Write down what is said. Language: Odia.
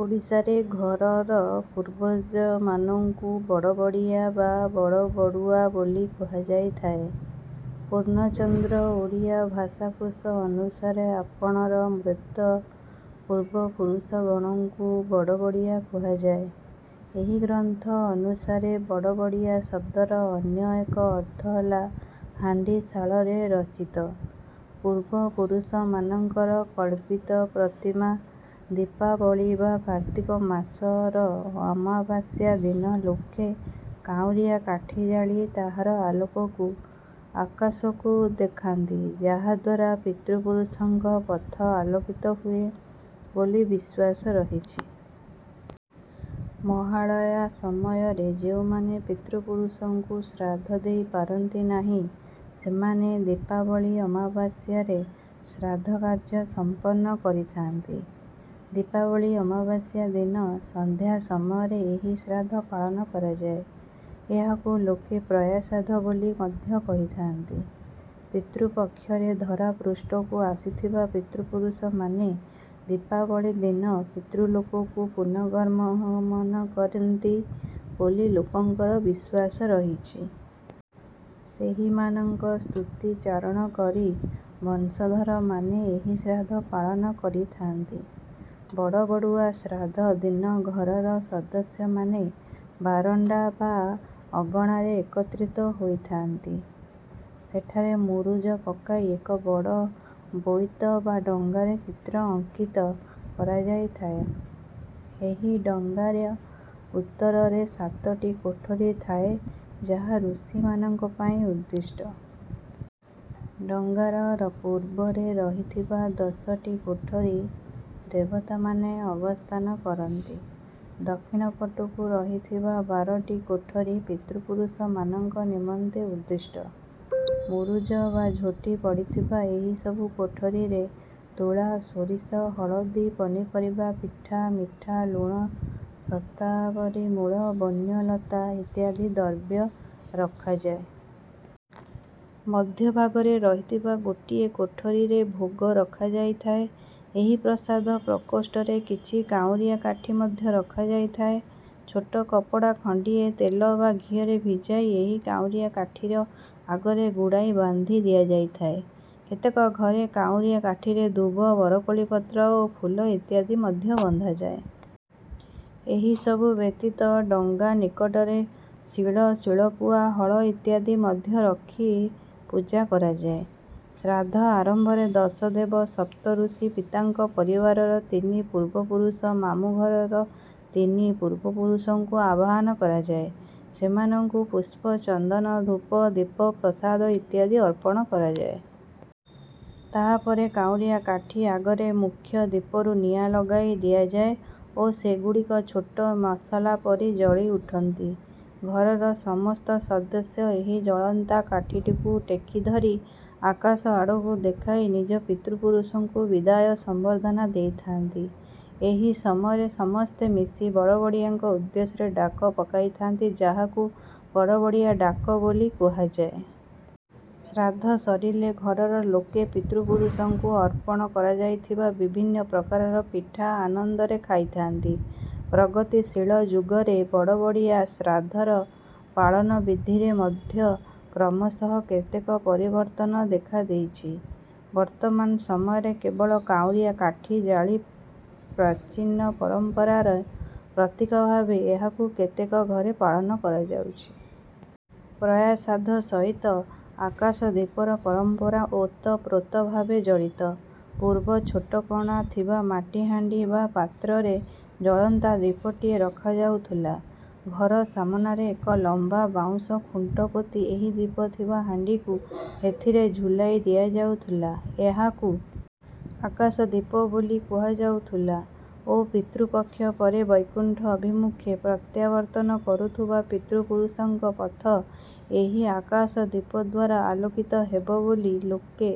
ଓଡ଼ିଶାରେ ଘରର ପୂର୍ବଜମାନଙ୍କୁ ବଡ଼ବଡ଼ିଆ ବା ବଡ଼ବଡ଼ୁଆ ବୋଲି କୁହାଯାଇଥାଏ। ପୂର୍ଣ୍ଣଚନ୍ଦ୍ର ଓଡ଼ିଆ ଭାଷାକୋଷ ଅନୁସାରେ ଆପଣାର ମୃତ ପୂର୍ବପୁରୁଷଗଣଙ୍କୁ ବଡ଼ବଡ଼ିଆ କୁହାଯାଏ। ଏହି ଗ୍ରନ୍ଥ ଅନୁସାରେ ବଡ଼ବଡ଼ିଆ ଶବ୍ଦର ଅନ୍ୟ ଏକ ଅର୍ଥ ହେଲା ହାଣ୍ଡିଶାଳରେ ରଚିତ ପୂର୍ବପୁରୁଷମାନଙ୍କର କଳ୍ପିତ ପ୍ରତିମା। ଦୀପାବଳୀ ବା କାର୍ତ୍ତିକ ମାସର ଅମାବାସ୍ୟା ଦିନ ଲୋକେ କାଉଁରିଆ କାଠି ଜାଳି ତାହାର ଆଲୋକକୁ ଆକାଶକୁ ଦେଖାନ୍ତି ଯାହାଦ୍ୱାରା ପିତୃପୁରୁଷଙ୍କ ପଥ ଆଲୋକିତ ହୁଏ ବୋଲି ବିଶ୍ୱାସ ରହିଛି। ମହାଳୟା ସମୟରେ ଯେଉଁମାନେ ପିତୃପୁରୁଷଙ୍କୁ ଶ୍ରାଦ୍ଧ ଦେଇ ପାରନ୍ତି ନାହିଁ ସେମାନେ ଦୀପାବଳୀ ଅମାବାସ୍ୟାରେ ଶ୍ରାଦ୍ଧ କାର୍ଯ୍ୟ ସମ୍ପନ୍ନ କରିଥାନ୍ତି। ଦୀପାବଳୀ ଅମାବାସ୍ୟା ଦିନ ସନ୍ଧ୍ୟା ସମୟରେ ଏହି ଶ୍ରାଦ୍ଧ ପାଳନ କରାଯାଏ। ଏହାକୁ ଲୋକେ ପୟା ଶ୍ରାଦ୍ଧ ବୋଲି ମଧ୍ୟ କହିଥାନ୍ତି। ପିତୃପକ୍ଷରେ ଧରାପୃଷ୍ଠକୁ ଆସିଥିବା ପିତୃପୁରୁଷମାନେ ଦୀପାବଳୀ ଦିନ ପିତୃଲୋକକୁ ପୁର୍ଣ୍ଣଗର୍ଗମନ କରନ୍ତି ବୋଲି ଲୋକଙ୍କର ବିଶ୍ୱାସ ରହିଛି। ସେହିମାନଙ୍କ ସ୍ତୁତି ଚାରଣ କରି ବଂଶଧରମାନେ ଏହି ଶ୍ରାଦ୍ଧ ପାଳନ କରିଥାନ୍ତି। ବଡ଼ବଡ଼ୁଆ ଶ୍ରାଦ୍ଧ ଦିନ ଘରର ସଦସ୍ୟମାନେ ବାରଣ୍ଡା ବା ଅଗଣାରେ ଏକତ୍ରିତ ହୋଇଥାନ୍ତି। ସେଠାରେ ମୁରୁଜ ପକାଇ ଏକ ବଡ଼ ବୋଇତ ବା ଡଙ୍ଗାର ଚିତ୍ର ଅଙ୍କିତ କରାଯାଇଥାଏ। ଏହି ଡଙ୍ଗାରେ ଉତ୍ତରରେ ସାତଟି କୋଠରୀ ଥାଏ ଯାହା ଋଷିମାନଙ୍କ ପାଇଁ ଉଦ୍ଦିଷ୍ଟ। ଡଙ୍ଗାର ପୂର୍ବରେ ରହିଥିବା ଦଶଟି କୋଠରୀ ଦେବତାମାନେ ଅବସ୍ଥାନ କରନ୍ତି। ଦକ୍ଷିଣ ପଟକୁ ରହିଥିବା ବାରଟି କୋଠରୀ ପିତୃପୁରୁଷମାନଙ୍କ ନିମନ୍ତେ ଉଦ୍ଦିଷ୍ଟ। ମୁରୁଜ ବା ଝୋଟି ପଡ଼ିଥିବା ଏହି ସବୁ କୋଠରୀରେ ତୁଳା ସୋରିଷ ହଳଦି ପନିପରିବା ପିଠା ମିଠା ଲୁଣ ଶତାବରୀ ମୂଳ ବନ୍ୟ ଲତା ଇତ୍ୟାଦି ଦର୍ବ୍ୟ ରଖାଯାଏ। ମଧ୍ୟଭାଗରେ ରହିଥିବା ଗୋଟିଏ କୋଠରୀରେ ଭୋଗ ରଖାଯାଇଥାଏ। ଏହି ପ୍ରସାଦ ପ୍ରକୋଷ୍ଠରେ କିଛି କାଉଁରିଆ କାଠି ମଧ୍ୟ ରଖାଯାଇଥାଏ। ଛୋଟ କପଡ଼ା ଖଣ୍ଡିଏ ତେଲ ବା ଘିଅରେ ଭିଜାଇ ଏହି କାଉଁରିଆ କାଠିର ଅଗରେ ଗୁଡ଼ାଇ ବାନ୍ଧି ଦିଆଯାଇଥାଏ। କେତେକ ଘରେ କାଉଁରିଆ କାଠିରେ ଦୁବ ବରକୋଳି ପତ୍ର ଓ ଫୁଲ ଇତ୍ୟାଦି ମଧ୍ୟ ବନ୍ଧାଯାଏ। ଏହି ସବୁ ବ୍ୟତୀତ ଡଙ୍ଗା ନିକଟରେ ଶିଳ ଶିଳପୁଆ ହଳ ଇତ୍ୟାଦି ମଧ୍ୟ ରଖି ପୂଜା କରାଯାଏ। ଶ୍ରାଦ୍ଧ ଆରମ୍ଭରେ ଦଶ ଦେବ ସପ୍ତ ଋଷି ପିତାଙ୍କ ପରିବାରର ତିନି ପୂର୍ବପୁରୁଷ ମାମୁଁଘରର ତିନି ପୂର୍ବପୁରୁଷଙ୍କୁ ଆବାହନ କରାଯାଏ। ସେମାନଙ୍କୁ ପୁଷ୍ପ ଚନ୍ଦନ ଧୂପ ଦୀପ ପ୍ରସାଦ ଇତ୍ୟାଦି ଅର୍ପଣ କରାଯାଏ। ତାହାପରେ କାଉଁରିଆ କାଠି ଆଗରେ ମୁଖ୍ୟ ଦୀପରୁ ନିଆଁ ଲଗାଇ ଦିଆଯାଏ ଓ ସେଗୁଡ଼ିକ ଛୋଟ ମଶଲା ପରି ଜଳି ଉଠନ୍ତି। ଘରର ସମସ୍ତ ସଦସ୍ୟ ଏହି ଜଳନ୍ତା କାଠିଟିକୁ ଟେକି ଧରି ଆକାଶଆଡ଼କୁ ଦେଖାଇ ନିଜ ପିତୃପୁରୁଷଙ୍କୁ ବିଦାୟ ସମ୍ବର୍ଦ୍ଧନା ଦେଇଥାନ୍ତି। ଏହି ସମୟରେ ସମସ୍ତେ ମିଶି ବଡ଼ବଡ଼ିଆଙ୍କ ଉଦ୍ଦେଶ୍ୟରେ ଡାକ ପକାଇଥାନ୍ତି ଯାହାକୁ ବଡ଼ବଡ଼ିଆ ଡାକ ବୋଲି କୁହାଯାଏ। ଶ୍ରାଦ୍ଧ ସରିଲେ ଘରର ଲୋକେ ପିତୃପୁରୁଷଙ୍କୁ ଅର୍ପଣ କରାଯାଇଥିବା ବିଭିନ୍ନ ପ୍ରକାରର ପିଠା ଆନନ୍ଦରେ ଖାଇଥାନ୍ତି। ପ୍ରଗତିଶୀଳ ଯୁଗରେ ବଡ଼ବଡ଼ିଆ ଶ୍ରାଦ୍ଧର ପାଳନ ବିଧିରେ ମଧ୍ୟ କ୍ରମଶଃ କେତେକ ପରିବର୍ତ୍ତନ ଦେଖାଦେଇଛି। ବର୍ତ୍ତମାନ ସମୟରେ କେବଳ କାଉଁରିଆ କାଠି ଜାଳି ପ୍ରଚୀନ ପରମ୍ପରାର ପ୍ରତୀକ ଭାବେ ଏହାକୁ କେତେକ ଘରେ ପାଳନ କରାଯାଉଛି। ପୟା ଶ୍ରାଦ୍ଧ ସହିତ ଆକାଶଦୀପର ପରମ୍ପରା ଓତପ୍ରୋତ ଭାବେ ଜଡ଼ିତ। ପୂର୍ବ ଛୋଟ କଣା ଥିବା ମାଟିହାଣ୍ଡି ବା ପାତ୍ରରେ ଜଳନ୍ତା ଦୀପଟିଏ ରଖାଯାଉଥିଲା। ଘର ସାମନାରେ ଏକ ଲମ୍ବା ବାଉଁଶ ଖୁଣ୍ଟ ପୋତି ଏହି ଦୀପ ଥିବା ହାଣ୍ଡିକୁ ସେଥିରେ ଝୁଲାଇ ଦିଆଯାଉଥିଲା। ଏହାକୁ ଆକାଶଦୀପ ବୋଲି କୁହାଯାଉଥିଲା ଓ ପିତୃପକ୍ଷ ପରେ ବୈକୁଣ୍ଠ ଅଭିମୁଖେ ପ୍ରତ୍ୟାବର୍ତ୍ତନ କରୁଥିବା ପିତୃପୁରୁଷଙ୍କ ପଥ ଏହି ଆକାଶଦୀପଦ୍ୱାରା ଆଲୋକିତ ହେବ ବୋଲି ଲୋକେ